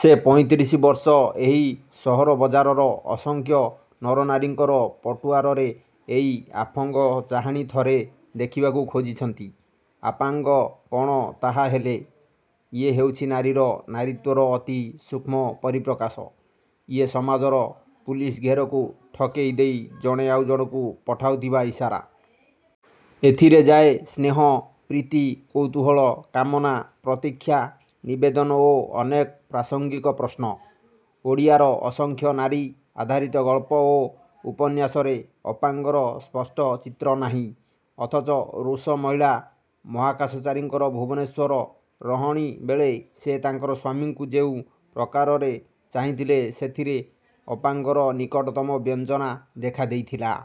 ସେ ପଇଁତିରିଶିବର୍ଷ ଏହି ସହରବଜାରର ଅସଂଖ୍ୟ ନରନାରୀଙ୍କର ପଟୁଆରରେ ଏଇ ଆପାଙ୍ଗ ଚାହାଣୀ ଥରେ ଦେଖିବାକୁ ଖୋଜିଛନ୍ତି। –ଆପଙ୍ଗ କ'ଣ ତାହାହେଲେ? –ଇଏ ହେଉଛି ନାରୀର ନାରୀତ୍ୱର ଅତି ସୂକ୍ଷ୍ମ ପରିପ୍ରକାଶ। ଇଏ ସମାଜର ପୁଲିସ ଘେରକୁ ଠକେଇ ଦେଇ ଜଣେ ଆଉ ଜଣକୁ ପଠାଉଥିବା ଇସାରା। ଏଥିରେ ଯାଏ ସ୍ନେହ, ପ୍ରୀତି, କୌତୂହଳ, କାମନା, ପ୍ରତୀକ୍ଷା, ନିବେଦନ ଓ ଅନେକ ପ୍ରାସଙ୍ଗିକ ପ୍ରଶ୍ନ। ଓଡ଼ିଆର ଅସଂଖ୍ୟ ନାରୀ–ଆଧାରିତ ଗଳ୍ପ ଓ ଉପନ୍ୟାସରେ ଅପାଙ୍ଗର ସ୍ପଷ୍ଟ ଚିତ୍ର ନାହିଁ-। ଅଥଚ ରୁଷ ମହିଳା ମହାକାଶଚାରିଣୀଙ୍କର ଭୁବନେଶ୍ୱର ରହଣୀବେଳେ ସେ ତାଙ୍କର ସ୍ୱାମୀଙ୍କୁ ଯେଉଁ ପ୍ରକାରରେ ଚାହିଁଥିଲେ ସେଥିରେ ଅପାଙ୍ଗର ନିକଟତମ ବ୍ୟଞ୍ଜନା ଦେଖା ଦେଇଥିଲା-।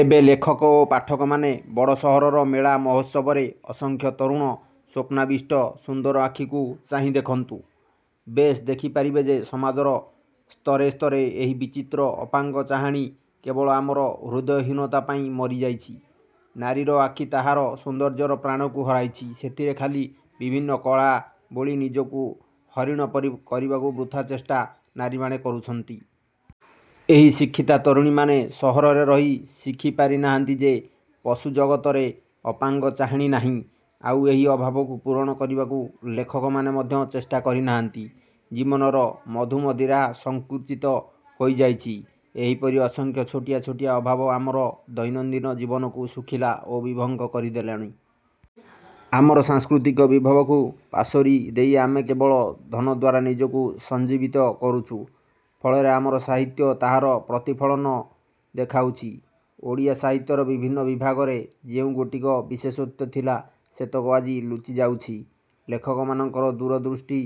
ଏବେ ଲେଖକ ଓ ପାଠକମାନେ ବଡ଼ ସହରର ମେଳା ମହୋତ୍ସବରେ ଅସଂଖ୍ୟ ତରୁଣ, ସ୍ୱପ୍ନାବିଷ୍ଟ, ସୁନ୍ଦର ଆଖିକୁ ଚାହିଁ ଦେଖନ୍ତୁ। ବେଶ୍ ଦେଖି ପାରିବେ ଯେ ସମାଜର ସ୍ତରେସ୍ତରେ ଏହି ବିଚିତ୍ର ଅପାଙ୍ଗ ଚାହାଣୀ କେବଳ ଆମର ହୃଦୟହୀନତା ପାଇଁ ମରି ଯାଇଛି। ନାରୀର ଆଖି ତାହାର ସୌନ୍ଦର୍ଯ୍ୟର ପ୍ରାଣକୁ ହରାଇଛି ସେଥିରେ ଖାଲି ବିଭିନ୍ନ କଳା ବୋଳି ନିଜକୁ ହରିଣ ପରି କରି କରିବାକୁ ବୃଥା ଚେଷ୍ଟା ନାରୀମାନେ କରୁଛନ୍ତି। ଏହି ଶିକ୍ଷିତା ତରୁଣୀମାନେ ସହରରେ ରହି ଶିଖିପାରି ନାହାନ୍ତି ଯେ ପଶୁଜଗତରେ ଅପାଙ୍ଗ ଚାହାଣୀ ନାହିଁ, ଆଉ ଏହି ଅଭାବକୁ ପୂରଣ କରିବାକୁ ଲେଖକମାନେ ମଧ୍ୟ ଚେଷ୍ଟା କରି ନାହାନ୍ତି। ଜୀବନର ମଧୁମଦିରା ସଂକୁଚିତ ହୋଇ ଯାଇଛି। ଏହିପରି ଅସଂଖ୍ୟ ଛୋଟିଆ ଛୋଟିଆ ଅଭାବ ଆମର ଦୈନନ୍ଦିନ ଜୀବନକୁ ଶୁଖିଲା ଓ ବିଭଙ୍ଗ କରିଦେଲଣି। ଆମର ସାଂସ୍କୃତିକ ବିଭବକୁ ପାଶୋରି ଦେଇ ଆମେ କେବଳ ଧନଦ୍ୱାରା ନିଜକୁ ସଞ୍ଜୀବିତ କରୁଛୁ। ଫଳରେ ଆମର ସାହିତ୍ୟ ତାହାର ପ୍ରତିଫଳନ ଦେଖାଉଛି। ଓଡ଼ିଆ ସାହିତ୍ୟର ବିଭିନ୍ନ ବିଭାଗରେ ଯେଉଁ ଗୋଟିକ ବିଶେଷତ୍ୱ ଥିଲା ସେତକ ଆଜି ଲୁଚିଯାଉଛି। ଲେଖକମାନଙ୍କର ଦୂରଦୃଷ୍ଟି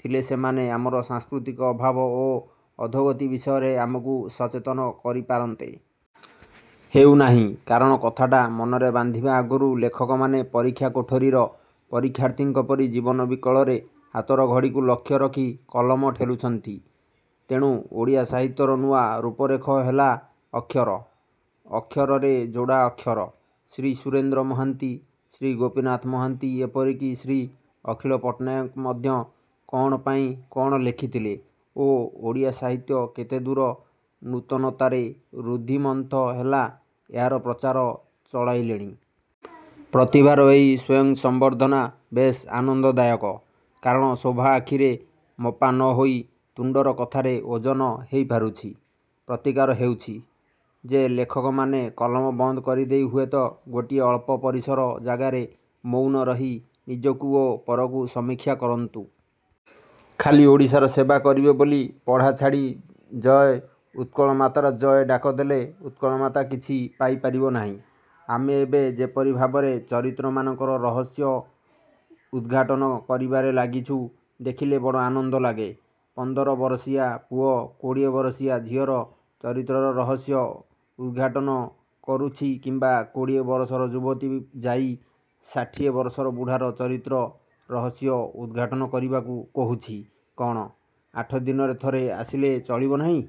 ଥିଲେ ସେମାନେ ଆମର ସାଂସ୍କୃତିକ ଅଭାବ ଓ ଅଧୋଗତି ବିଷୟରେ ଆମକୁ ସଚେତନ କରିପାରନ୍ତେ। ହେଉ ନାହିଁ। କାରଣ କଥାଟା ମନରେ ବାନ୍ଧିବା ଆଗରୁ ଲେଖକମାନେ ପରୀକ୍ଷା କୋଠରୀର ପରୀକ୍ଷାର୍ଥୀଙ୍କ ପରି ଜୀବନ ବିକଳରେ ହାତର ଘଡ଼ିକୁ ଲକ୍ଷ୍ୟ ରଖି କଲମ ଠେଲୁଛନ୍ତି। ତେଣୁ ଓଡ଼ିଆ ସାହିତ୍ୟର ନୂଆ ରୂପରେଖ ହେଲା ଅକ୍ଷର। ଅକ୍ଷରରେ ଯୋଡ଼ା ଅକ୍ଷର। ଶ୍ରୀ ସୁରେନ୍ଦ୍ର ମହାନ୍ତି, ଶ୍ରୀ ଗୋପୀନାଥ ମହାନ୍ତି ଏପରି କି ଶ୍ରୀ ଅଖିଳ ପଟ୍ଟନାୟକ ମଧ୍ୟ କ'ଣ ପାଇଁ କ'ଣ ଲେଖିଲେ ଓ ଓଡ଼ିଆ ସାହିତ୍ୟ କେତେଦୂର ନୂତନତାରେ ରୁଦ୍ଧିମନ୍ତ ହେଲା–ଏହାର ପ୍ରଚାର ଚଳାଇଲେଣି। ପ୍ରତିଭାର ଏହି ସ୍ୱୟଂସମ୍ୱର୍ଦ୍ଧନା ବେଶ୍ ଆନନ୍ଦଦାୟକ। କାରଣ ଶୋଭା ଆଖିରେ ମପା ନ ହୋଇ ତୁଣ୍ତର କଥାରେ ଓଜନ ହେଇପାରୁଛି। ପ୍ରତିକାର ହେଉଛି। ଯେ ଲେଖକମାନେ କଲମ ବନ୍ଦ କରିଦେଇ ହୁଏତ ଗୋଟିଏ ଅଳ୍ପ ପରିସର ଜାଗାରେ ମୌନ ରହି ନିଜକୁ ଓ ପରକୁ ସମୀକ୍ଷା କରନ୍ତୁ। ଖାଲି ଓଡ଼ିଶାର ସେବା କରିବେ ବୋଲି ପଢ଼ା ଛାଡ଼ି ଜୟ ଉତ୍କଳମାତାର ଜୟ–ଡାକ ଦେଲେ ଉତ୍କଳମାତା କିଛି ପାଇ ପାରିବ ନାହିଁ। ଆମେ ଏବେ ଯେପରି ଭାବରେ ଚରିତ୍ର ମାନଙ୍କର ରହସ୍ୟ ଉଦ୍ଘାଟନ କରିବାରେ ଲାଗିଛୁ ଦେଖିଲେ ବଡ଼ ଆନନ୍ଦ ଲାଗେ। ପନ୍ଦର ବରଷିଆ ପୁଅ କୋଡ଼ିଏ ବରଷିଆ ଝିଅର ଚରିତ୍ରର ରହସ୍ୟ ଉଦ୍ଘାଟନ କରୁଛି କିମ୍ୱା କୋଡ଼ିଏ ବରଷର ଯୁବତୀ ଯାଇ ଷାଠିଏ ବରଷର ବୁଢ଼ାର ଚରିତ୍ର–ରହସ୍ୟ ଉଦ୍ଘାଟନ କରିବାକୁ କହୁଛି–କ'ଣ, ଆଠଦିନରେ ଥରେ ଆସିଲେ ଚଳିବ ନାହିଁ?